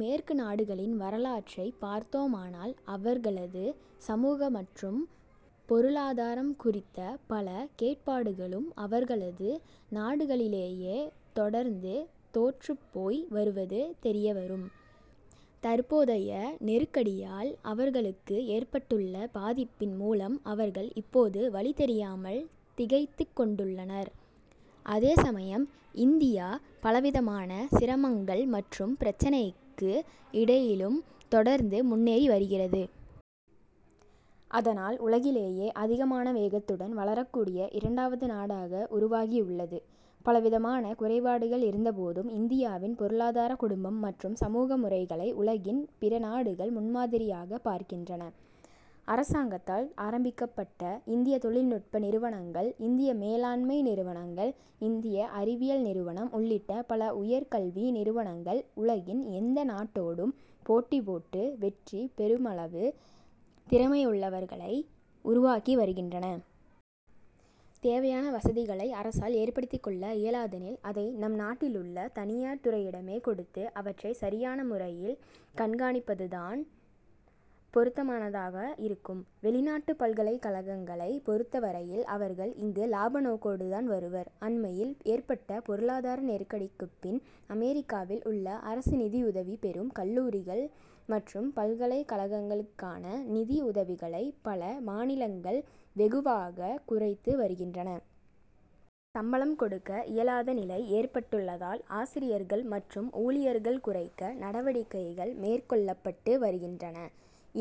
மேற்கு நாடுகளின் வரலாற்றை பார்த்தோமானால் அவர்களது சமூக மற்றும் பொருளாதாரம் குறித்த பல கேட்பாடுகளும் அவர்களது நாடுகளிலேயே தொடர்ந்து தோற்றுப்போய் வருவது தெரியவரும். தற்போதைய நெருக்கடியால் அவர்களுக்கு ஏற்பட்டுள்ள பாதிப்பின் மூலம் அவர்கள் இப்போது வழி தெரியாமல் திகைத்துக் கொண்டுள்ளனர். அதே சமயம் இந்தியா பலவிதமான சிரமங்கள் மற்றும் பிரச்சனைக்கு இடையிலும் தொடர்ந்து முன்னேறி வருகிறது. அதனால் உலகிலேயே அதிகமான வேகத்துடன் வளரக்கூடிய இரண்டாவது நாடாக உருவாகியுள்ளது. பலவிதமான குறைபாடுகள் இருந்தபோதும் இந்தியாவின் பொருளாதார குடும்பம் மற்றும் சமூக முறைகளை உலகின் பிற நாடுகள் முன்மாதிரியாக பார்க்கின்றன. அரசாங்கத்தால் ஆரம்பிக்கப்பட்ட இந்திய தொழில்நுட்ப நிறுவனங்கள் இந்திய மேலாண்மை நிறுவனங்கள் இந்திய அறிவியல் நிறுவனம் உள்ளிட்ட பல உயர் கல்வி நிறுவனங்கள் உலகின் எந்த நாட்டோடும் போட்டிபோட்டு வெற்றி பெருமளவு திறமையுள்ளவர்களை உருவாக்கி வருகின்றன. தேவையான வசதிகளை அரசால் ஏற்படுத்திக் கொள்ள இயலாதெனில் அதை நம் நாட்டிலுள்ள தனியார் துறையிடமே கொடுத்து அவற்றை சரியான முறையில் கண்காணிப்பதுதான் பொருத்தமானதாக இருக்கும். வெளிநாட்டுப் பல்கலைக்கழகங்களை பொருத்தவரையில், அவர்கள் இங்கு லாப நோக்கோடுதான் வருவர். அண்மையில் ஏற்பட்ட பொருளாதார நெருக்கடிக்குப் பின் அமெரிக்காவில் உள்ள அரசு நிதிஉதவி பெறும் கல்லூரிகள் மற்றும் பல்கலைக் கழகங்களுக்கான நிதி உதவிகளை பல மாநிலங்கள் வெகுவாகக் குறைத்து வருகின்றன. சம்பளம் கொடுக்க இயலாத நிலை ஏற்பட்டுள்ளதால் ஆசிரியர்கள் மற்றும் ஊழியர்கள் குறைக்க நடவடிக்கைகள் மேற்கொள்ளப்பட்டு வருகின்றன.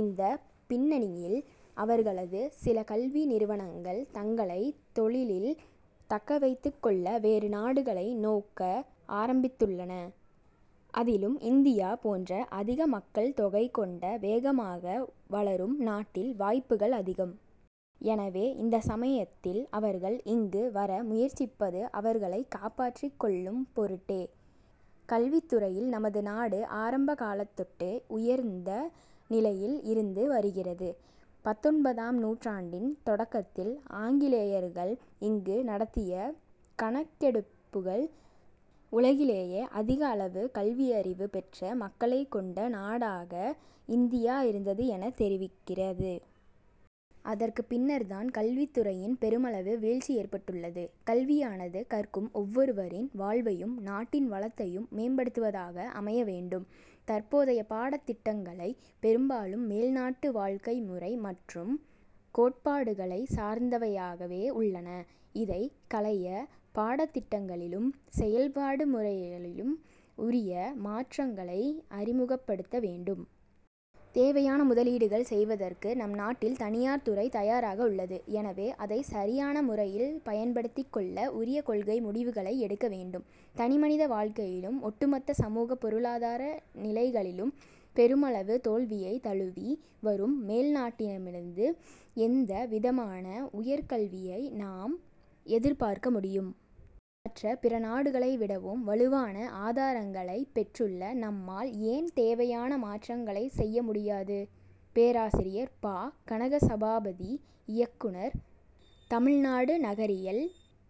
இந்தப் பின்னணியில் அவர்களது சில கல்வி நிறுவனங்கள் தங்களைத் தொழிலில் தக்கவைத்துக் கொள்ள வேறு நாடுகளை நோக்க ஆரம்பித்துள்ளன. அதிலும் இந்தியா போன்ற அதிக மக்கள் தொகை கொண்ட வேகமாக வளரும் நாட்டில் வாய்ப்புகள் அதிகம். எனவே, இந்த சமயத்தில் அவர்கள் இங்கு வர முயற்சிப்பது அவர்களைக் காப்பாற்றிக் கொள்ளும் பொருட்டே. கல்வித் துறையில் நமது நாடு ஆரம்ப காலத்தொட்டு உயர்ந்த நிலையில் இருந்து வருகிறது. பத்தொன்பதாம் நூற்றாண்டின் தொடக்கத்தில் ஆங்கிலேயர்கள் இங்கு நடத்திய கணக்கெடுப்புகள் உலகிலேயே அதிக அளவு கல்வியறிவு பெற்ற மக்களைக் கொண்ட நாடாக இந்தியா இருந்தது எனத் தெரிவிக்கிறது. அதற்குப் பின்னர்தான் கல்வித்துறையின் பெருமளவு வீழ்ச்சி ஏற்பட்டுள்ளது. கல்வியானது கற்கும் ஒவ்வொருவரின் வாழ்வையும் நாட்டின் வளத்தையும் மேம்படுத்துவதாக அமைய வேண்டும். தற்போதைய பாடத்திட்டங்களை பெரும்பாலும் மேல்நாட்டு வாழ்க்கை முறை மற்றும் கோட்பாடுகளை சார்ந்தவையாகவே உள்ளன. இதைக் களைய பாடத்திட்டங்களிலும் செயல்பாடு முறைகளிலும் உரிய மாற்றங்களை அறிமுகப்படுத்த வேண்டும். தேவையான முதலீடுகள் செய்வதற்கு நம் நாட்டில் தனியார் துறை தயாராக உள்ளது. எனவே, அதை சரியான முறையில் பயன்படுத்திக் கொள்ள உரிய கொள்கை முடிவுகளை எடுக்க வேண்டும். தனிமனித வாழ்க்கையிலும் ஒட்டுமொத்த சமூக பொருளாதார நிலைகளிலும் பெருமளவு தோல்வியை தழுவி வரும் மேல் நாட்டினரிடமிருந்து எந்த விதமான உயர்கல்வியை நாம் எதிர்பார்க்க முடியும்? மற்ற பிற நாடுகளை விடவும் வலுவான ஆதாரங்களைப் பெற்றுள்ள நம்மால் ஏன் தேவையான மாற்றங்களை செய்ய முடியாது? பேராசிரியர் ப. கனகசபாபதி இயக்குனர் தமிழ்நாடு நகரியல்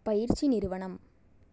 பயிற்சி நிறுவனம்.